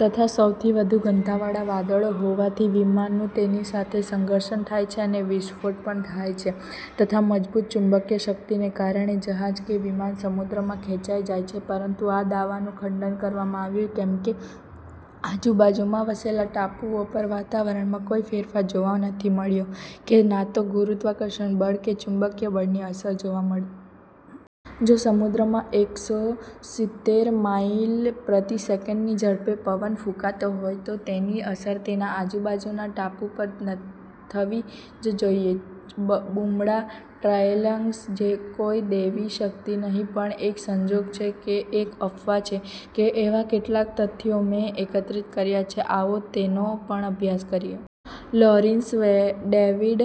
તથા સૌથી વધુ ઘનત્વવાળા વાદળો હોવાથી વિમાનનુ તેની સાથે ઘર્ષણ થાય છે અને વિસ્ફોટ પણ થાય છે તથા મજબુત ચુંબકિય શક્તિને કારણે જહાજ કે વિમાન સમુદ્રમાં ખેચાઇ જાય છે. પરંતુ આ દાવાનુ ખંડન કરવામાં આવ્યુ કેમ કે આજુબાજુમાં વસેલા ટાપુઓ પર વાતાવરણમાં કોઇ ફેરફાર જોવા નથી મળ્યો કે ના તો ગુરુત્વાકર્ષણ બળ કે ચુંબકિય બળની અસર જોવા મળે. જો સમુદ્રમાં એકસો સિત્તેર માઇલ પ્રતિ સેકન્ડની ઝડપે પવન ફુંકાતો હોય તો તેની અસર તેના આજુબાજુના ટાપુ પર થવી જ જોઇએ. બર્મુડા ટ્રાયેન્ગલ કોઇ દેવી શક્તિ નહિ પણ એક સંજોગ છે કે એક અફવા છે એવા કેટલાય તથ્યો મે એકત્રિત કર્યા છે, આવો તેનો પણ અભ્યાસ કરીએ. લોરિસ ડેવિડ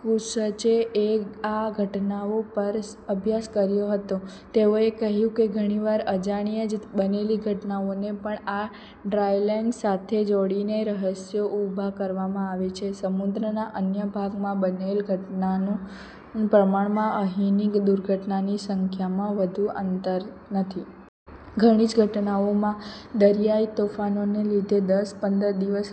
કુસ્ચે એ આ ઘટનાઓ પર અભ્યાસ કર્યો હતો. તેઓએ કહ્યુ કે, ઘણીવાર અજાણ્યે જ બનેલી ઘટનાઓને પણ આ ટ્રાયેન્ગલ સાથે જોડીને રહસ્યો ઉભા કરવામાં આવે છે. સમુદ્રના અન્ય ભાગમા બનેલ દુર્ઘટનાના પ્રમાણમાં અહિની દુર્ઘટનાની સંખ્યામાં વધુ અંતર નથી. ઘણી જ ઘટનાઓમાં દરીયાઇ તોફાનોને લીધે દસ પંદર દિવસ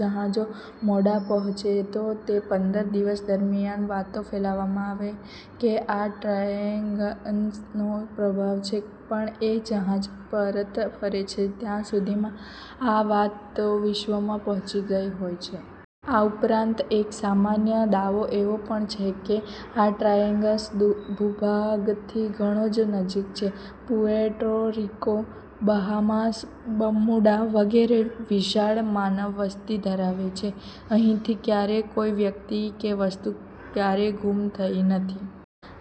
જહાજો મોડા પહોચે તો, તે પંદર દિવસ દરમ્યાન એવી વાતો ફેલાવવામાં આવે કે આ ટ્રાયેન્ગલનો પ્રભાવ છે પણ એ જહાજ પરત ફરે છે. ત્યા સુધીમાં આ વાત તો વિશ્વમાં પહોચી ગઇ હોય છે. આ ઉપરાંત એક સામાન્ય દાવો એવો પણ છે કે, આ ટ્રાયેન્ગલ ભુભાગથી ઘણો જ નજીક છે. પુએર્ટો રિકો, બહામાસ, બર્મુડા વગેરે વિશાળ માનવવસ્તી ધરાવે છે. અહિથી ક્યારેય કોઇ વ્યક્તિ કે વસ્તુ ક્યારેય ગુમ થઈ નથી.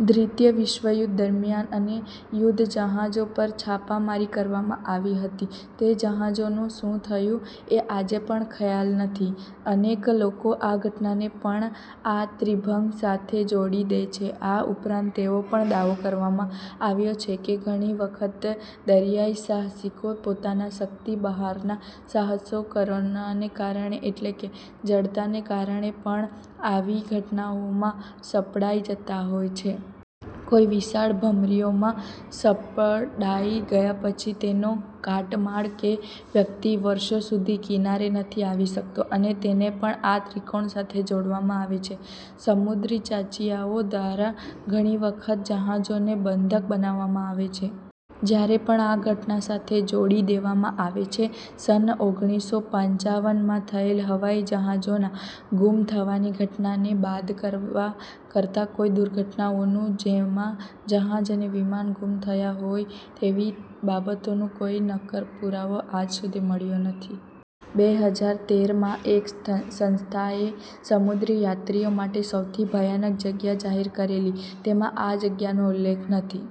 દ્રિતિય વિશ્વયુધ્ધ દરમ્યાન અને યુધ્ધ જહાજો પર છાપામારી કરવામાં આવતી હતી. તે જહાજોનુ શુ થયુ એ આજે પણ ખ્યાલ નથી. અનેક લોકો આ ઘટનાને પણ આ ત્રિભંગ સાથે જોડી દે છે. આ ઉપરાંત એવો પણ દાવો કરવામાં આવેલો છે કે, ઘણી વખત દરીયાઇ સાહસિકો પોતાના શક્તિ બહારના સાહસો કરવાને કારણે એટલે કે જડતાને કારણે પણ આવી ઘટનાઓમાં સંપડાઇ જતા હોય છે. કોઇ વિશાળ ભમરીઓમાં સંપડાઇ ગયા પછી તેનો કાટમાળ કે વ્યક્તિ વર્ષો સુધી કિનારે નથી આવી શક્તો અને તેને પણ આ ત્રિકોણ સાથે જોડવામાં આવે છે. સમુદ્રી ચાંચીયાઓ દ્વારા ઘણી વખત જહાજોને બંધક બનાવવામાં આવે છે. ત્યારે પણ આ ઘટના સાથે જોડી દેવામાં આવે છે. સન ઓગણીસો પંચાવનમાં થયેલ હવાઇ જહાજોના ગુમ થવાની ઘટના ને બાદ કરતા કોઇ દુર્ઘટનાઓનુ જેમા જહાજ અને વિમાન ગુમ થયા હોય તેવી બાબતોનુ કોઇ નક્કર પુરાવો આજ સુધી મળ્યો જ નથી. બે હજાર તેરમાં એક સંસ્થા એ સમુદ્રીયાત્રીઓ માટે સૌથી ભયાનક જગ્યા જાહેર કરેલી તેમાં આ જગ્યાનો ઉલ્લેખન નથી.